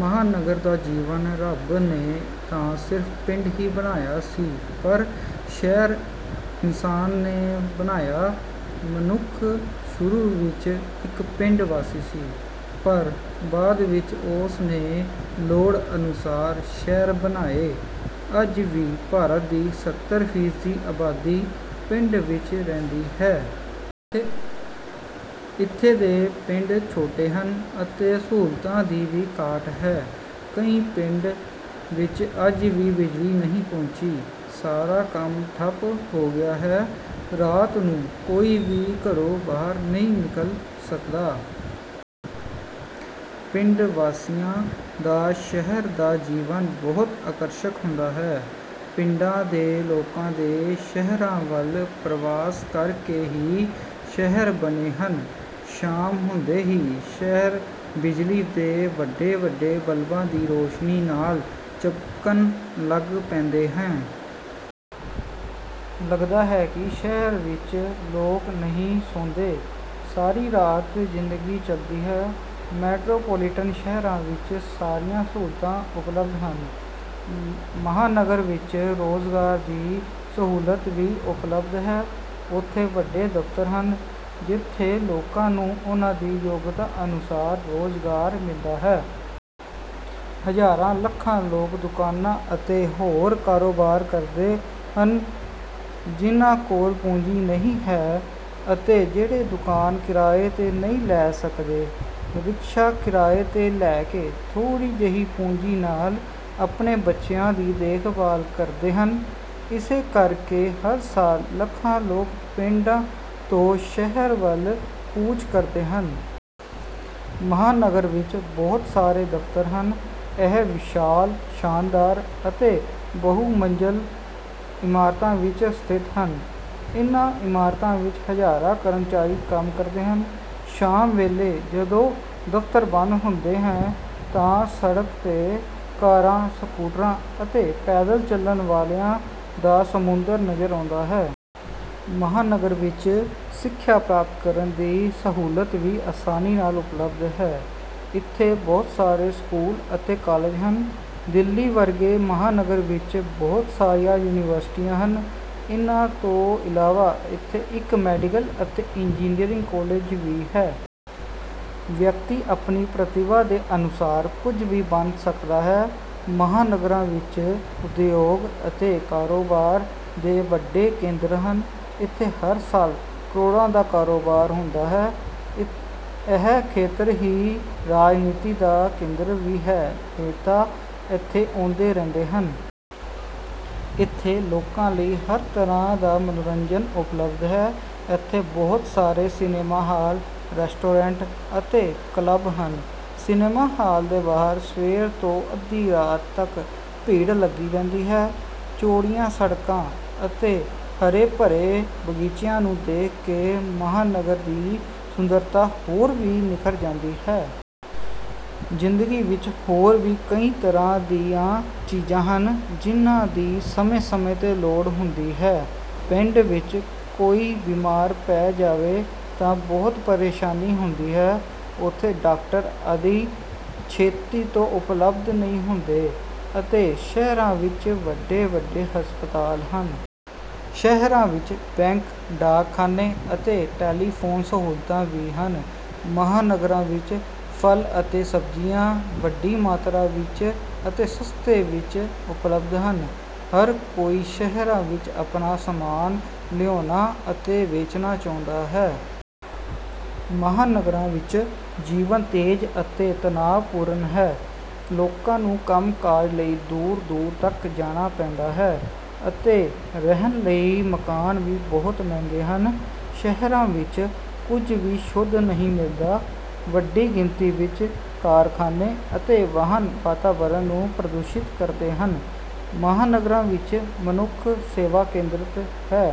ਮਹਾਨਗਰ ਦਾ ਜੀਵਨ ਰੱਬ ਨੇ ਤਾਂ ਸਿਰਫ਼ ਪਿੰਡ ਹੀ ਬਣਾਇਆ ਸੀ ਪਰ ਸ਼ਹਿਰ ਇਨਸਾਨ ਨੇ ਬਣਾਇਆ। ਮਨੁੱਖ ਸ਼ੁਰੂ ਵਿੱਚ ਇੱਕ ਪਿੰਡ ਵਾਸੀ ਸੀ। ਪਰ ਬਾਅਦ ਵਿੱਚ ਉਸ ਨੇ ਲੋੜ ਅਨੁਸਾਰ ਸ਼ਹਿਰ ਬਣਾਏ। ਅੱਜ ਵੀ ਭਾਰਤ ਦੀ ਸੱਤਰ ਫੀਸਦੀ ਆਬਾਦੀ ਪਿੰਡਾਂ ਵਿੱਚ ਰਹਿੰਦੀ ਹੈ। ਇੱਥੋਂ ਦੇ ਪਿੰਡ ਛੋਟੇ ਹਨ ਅਤੇ ਸਹੂਲਤਾਂ ਦੀ ਵੀ ਘਾਟ ਹੈ। ਕਈ ਪਿੰਡਾਂ ਵਿੱਚ ਅੱਜ ਵੀ ਬਿਜਲੀ ਨਹੀਂ ਪਹੁੰਚੀ। ਸਾਰਾ ਕੰਮ ਠੱਪ ਹੋ ਗਿਆ ਹੈ। ਰਾਤ ਨੂੰ ਕੋਈ ਵੀ ਘਰੋਂ ਬਾਹਰ ਨਹੀਂ ਨਿਕਲ ਸਕਦਾ। ਪਿੰਡ ਵਾਸੀਆਂ ਦਾ ਸ਼ਹਿਰ ਦਾ ਜੀਵਨ ਬਹੁਤ ਆਕਰਸ਼ਕ ਹੁੰਦਾ ਹੈ। ਪਿੰਡਾਂ ਦੇ ਲੋਕਾਂ ਦੇ ਸ਼ਹਿਰਾਂ ਵੱਲ ਪਰਵਾਸ ਕਰਕੇ ਹੀ ਸ਼ਹਿਰ ਬਣੇ ਹਨ। ਸ਼ਾਮ ਹੁੰਦੇ ਹੀ ਸ਼ਹਿਰ ਬਿਜਲੀ ਦੇ ਵੱਡੇ-ਵੱਡੇ ਬਲਬਾਂ ਦੀ ਰੋਸ਼ਨੀ ਨਾਲ ਚਮਕਣ ਲੱਗ ਪੈਂਦਾ ਹੈ। ਲੱਗਦਾ ਹੈ ਕਿ ਸ਼ਹਿਰਾਂ ਵਿੱਚ ਲੋਕ ਨਹੀਂ ਸੌਂਦੇ, ਸਾਰੀ ਰਾਤ ਜ਼ਿੰਦਗੀ ਚਲਦੀ ਹੈ। ਮੈਟਰੋਪੋਲੀਟਨ ਸ਼ਹਿਰਾਂ ਵਿੱਚ ਸਾਰੀਆਂ ਸਹੂਲਤਾਂ ਉਪਲਬਧ ਹਨ। ਮਹਾਂਨਗਰ ਵਿੱਚ ਰੁਜ਼ਗਾਰ ਦੀ ਸਹੂਲਤ ਵੀ ਉਪਲਬਧ ਹੈ। ਉੱਥੇ ਵੱਡੇ ਦਫ਼ਤਰ ਹਨ। ਜਿੱਥੇ ਲੋਕਾਂ ਨੂੰ ਉਨ੍ਹਾਂ ਦੀ ਯੋਗਤਾ ਅਨੁਸਾਰ ਰੁਜ਼ਗਾਰ ਮਿਲਦਾ ਹੈ। ਹਜ਼ਾਰਾਂ-ਲੱਖਾਂ ਲੋਕ ਦੁਕਾਨਾਂ ਅਤੇ ਹੋਰ ਕਾਰੋਬਾਰ ਕਰਦੇ ਹਨ। ਜਿਨ੍ਹਾਂ ਕੋਲ ਪੂੰਜੀ ਨਹੀਂ ਹੈ। ਅਤੇ ਜਿਹੜੇ ਦੁਕਾਨ ਕਿਰਾਏ 'ਤੇ ਨਹੀਂ ਲੈ ਸਕਦੇ। ਰਿਕਸ਼ਾ ਕਿਰਾਏ 'ਤੇ ਲੈ ਕੇ ਥੋੜ੍ਹੀ ਜਿਹੀ ਪੂੰਜੀ ਨਾਲ ਆਪਣੇ ਬੱਚਿਆਂ ਦੀ ਦੇਖਭਾਲ ਕਰਦੇ ਹਨ, ਇਸੇ ਕਰਕੇ ਹਰ ਸਾਲ ਲੱਖਾਂ ਲੋਕ ਪਿੰਡ ਤੋਂ ਸ਼ਹਿਰ ਵੱਲ ਕੂਚ ਕਰਦੇ ਹਨ। ਮਹਾਂਨਗਰ ਵਿੱਚ ਬਹੁਤ ਸਾਰੇ ਦਫ਼ਤਰ ਹਨ। ਇਹ ਵਿਸ਼ਾਲ, ਸ਼ਾਨਦਾਰ ਅਤੇ ਬਹੁ-ਮੰਜ਼ਲਾ ਇਮਾਰਤਾਂ ਵਿੱਚ ਸਥਿਤ ਹਨ। ਇਨ੍ਹਾਂ ਇਮਾਰਤਾਂ ਵਿੱਚ ਹਜ਼ਾਰਾਂ ਕਰਮਚਾਰੀ ਕੰਮ ਕਰਦੇ ਹਨ। ਸ਼ਾਮ ਵੇਲੇ ਜਦੋਂ ਦਫ਼ਤਰ ਬੰਦ ਹੁੰਦਾ ਹੈ ਤਾਂ ਸੜਕ 'ਤੇ ਕਾਰਾਂ, ਸਕੂਟਰਾਂ ਅਤੇ ਪੈਦਲ ਚੱਲਣ ਵਾਲਿਆਂ ਦਾ ਸਮੁੰਦਰ ਨਜ਼ਰ ਆਉਂਦਾ ਹੈ। ਮਹਾਂਨਗਰ ਵਿੱਚ ਸਿੱਖਿਆ ਪ੍ਰਾਪਤ ਕਰਨ ਦੀ ਸਹੂਲਤ ਵੀ ਆਸਾਨੀ ਨਾਲ ਉਪਲਬਧ ਹੈ। ਇੱਥੇ ਬਹੁਤ ਸਾਰੇ ਸਕੂਲ ਅਤੇ ਕਾਲਜ ਹਨ। ਦਿੱਲੀ ਵਰਗੇ ਮਹਾਂਨਗਰ ਵਿੱਚ ਬਹੁਤ ਸਾਰੀਆਂ ਯੂਨੀਵਰਸਿਟੀਆਂ ਹਨ। ਇਨ੍ਹਾਂ ਤੋਂ ਇਲਾਵਾ ਇੱਥੇ ਇੱਕ ਮੈਡੀਕਲ ਅਤੇ ਇੰਜਨੀਅਰਿੰਗ ਕਾਲਜ ਵੀ ਹੈ। ਵਿਅਕਤੀ ਆਪਣੀ ਪ੍ਰਤਿਭਾ ਦੇ ਅਨੁਸਾਰ ਕੁਝ ਵੀ ਬਣ ਸਕਦਾ ਹੈ। ਮਹਾਨਗਰਾਂ ਵਿੱਚ ਉਦਯੋਗ ਅਤੇ ਕਾਰੋਬਾਰ ਦੇ ਵੱਡੇ ਕੇਂਦਰ ਹਨ। ਇੱਥੇ ਹਰ ਸਾਲ ਕਰੋੜਾਂ ਦਾ ਕਾਰੋਬਾਰ ਹੁੰਦਾ ਹੈ। ਇਹ ਖੇਤਰ ਦੀ ਰਾਜਨੀਤੀ ਦਾ ਕੇਂਦਰ ਵੀ ਹੈ, ਨੇਤਾ ਇੱਥੇ ਆਉਂਦੇ ਰਹਿੰਦੇ ਹਨ। ਇੱਥੇ ਲੋਕਾਂ ਲਈ ਹਰ ਤਰ੍ਹਾਂ ਦਾ ਮਨੋਰੰਜਨ ਉਪਲਬਧ ਹੈ। ਇੱਥੇ ਬਹੁਤ ਸਾਰੇ ਸਿਨੇਮਾ ਹਾਲ, ਰੈਸਟੋਰੈਂਟ ਅਤੇ ਕਲੱਬ ਹਨ। ਸਿਨੇਮਾ ਹਾਲ ਦੇ ਬਾਹਰ ਸਵੇਰ ਤੋਂ ਅੱਧੀ ਰਾਤ ਤੱਕ ਭੀੜ ਲੱਗੀ ਰਹਿੰਦੀ ਹੈ। ਚੌੜੀਆਂ ਸੜਕਾਂ ਅਤੇ ਹਰੇ-ਭਰੇ ਬਗੀਚਿਆਂ ਨੂੰ ਦੇਖ ਕੇ ਮਹਾਂਨਗਰ ਦੀ ਸੁੰਦਰਤਾ ਹੋਰ ਵੀ ਨਿਖਰ ਜਾਂਦੀ ਹੈ। ਜ਼ਿੰਦਗੀ ਵਿਚ ਹੋਰ ਵੀ ਕਈ ਤਰ੍ਹਾਂ ਦੀਆਂ ਚੀਜ਼ਾਂ ਹਨ। ਜਿਨ੍ਹਾਂ ਦੀ ਸਮੇਂ-ਸਮੇਂ 'ਤੇ ਲੋੜ ਹੁੰਦੀ ਹੈ। ਪਿੰਡ ਵਿੱਚ ਕੋਈ ਬਿਮਾਰ ਪੈ ਜਾਵੇ ਤਾਂ ਬਹੁਤ ਪ੍ਰੇਸ਼ਾਨੀ ਹੁੰਦੀ ਹੈ। ਉਥੇ ਡਾਕਟਰ ਆਦਿ ਛੇਤੀ ਤੋਂ ਉਪਲਬਧ ਨਹੀਂ ਹੁੰਦੇ ਅਤੇ ਸ਼ਹਿਰਾਂ ਵਿਚ ਵੱਡੇ-ਵੱਡੇ ਹਸਪਤਾਲ ਹਨ। ਸ਼ਹਿਰਾਂ ਵਿੱਚ ਬੈਂਕ, ਡਾਕਖਾਨਾ ਅਤੇ ਟੈਲੀਫੋਨ ਸਹੂਲਤਾਂ ਵੀ ਹਨ। ਮਹਾਨਗਰਾਂ ਵਿੱਚ ਫਲ ਅਤੇ ਸਬਜ਼ੀਆਂ ਵੱਡੀ ਮਾਤਰਾ ਵਿੱਚ ਅਤੇ ਸਸਤੇ ਵਿੱਚ ਉਪਲਬਧ ਹਨ। ਹਰ ਕੋਈ ਸ਼ਹਿਰਾਂ ਵਿੱਚ ਆਪਣਾ ਸਾਮਾਨ ਲਿਆਉਣਾ ਅਤੇ ਵੇਚਣਾ ਚਾਹੁੰਦਾ ਹੈ। ਮਹਾਨਗਰਾਂ ਵਿੱਚ ਜੀਵਨ ਤੇਜ਼ ਅਤੇ ਤਣਾਅਪੂਰਨ ਹੈ। ਲੋਕਾਂ ਨੂੰ ਕੰਮ-ਕਾਜ ਲਈ ਦੂਰ-ਦੂਰ ਤੱਕ ਜਾਣਾ ਪੈਂਦਾ ਹੈ ਅਤੇ ਰਹਿਣ ਲਈ ਮਕਾਨ ਵੀ ਬਹੁਤ ਮਹਿੰਗੇ ਹਨ। ਸ਼ਹਿਰਾਂ ਵਿੱਚ ਕੁਝ ਵੀ ਸ਼ੁੱਧ ਨਹੀਂ ਮਿਲਦਾ। ਵੱਡੀ ਗਿਣਤੀ ਵਿੱਚ ਕਾਰਖਾਨੇ ਅਤੇ ਵਾਹਨ ਵਾਤਾਵਰਨ ਨੂੰ ਪ੍ਰਦੂਸ਼ਿਤ ਕਰਦੇ ਹਨ। ਮਹਾਨਗਰਾਂ ਵਿੱਚ ਮਨੁੱਖ ਸਵੈ-ਕੇਂਦਰਿਤ ਹੈ।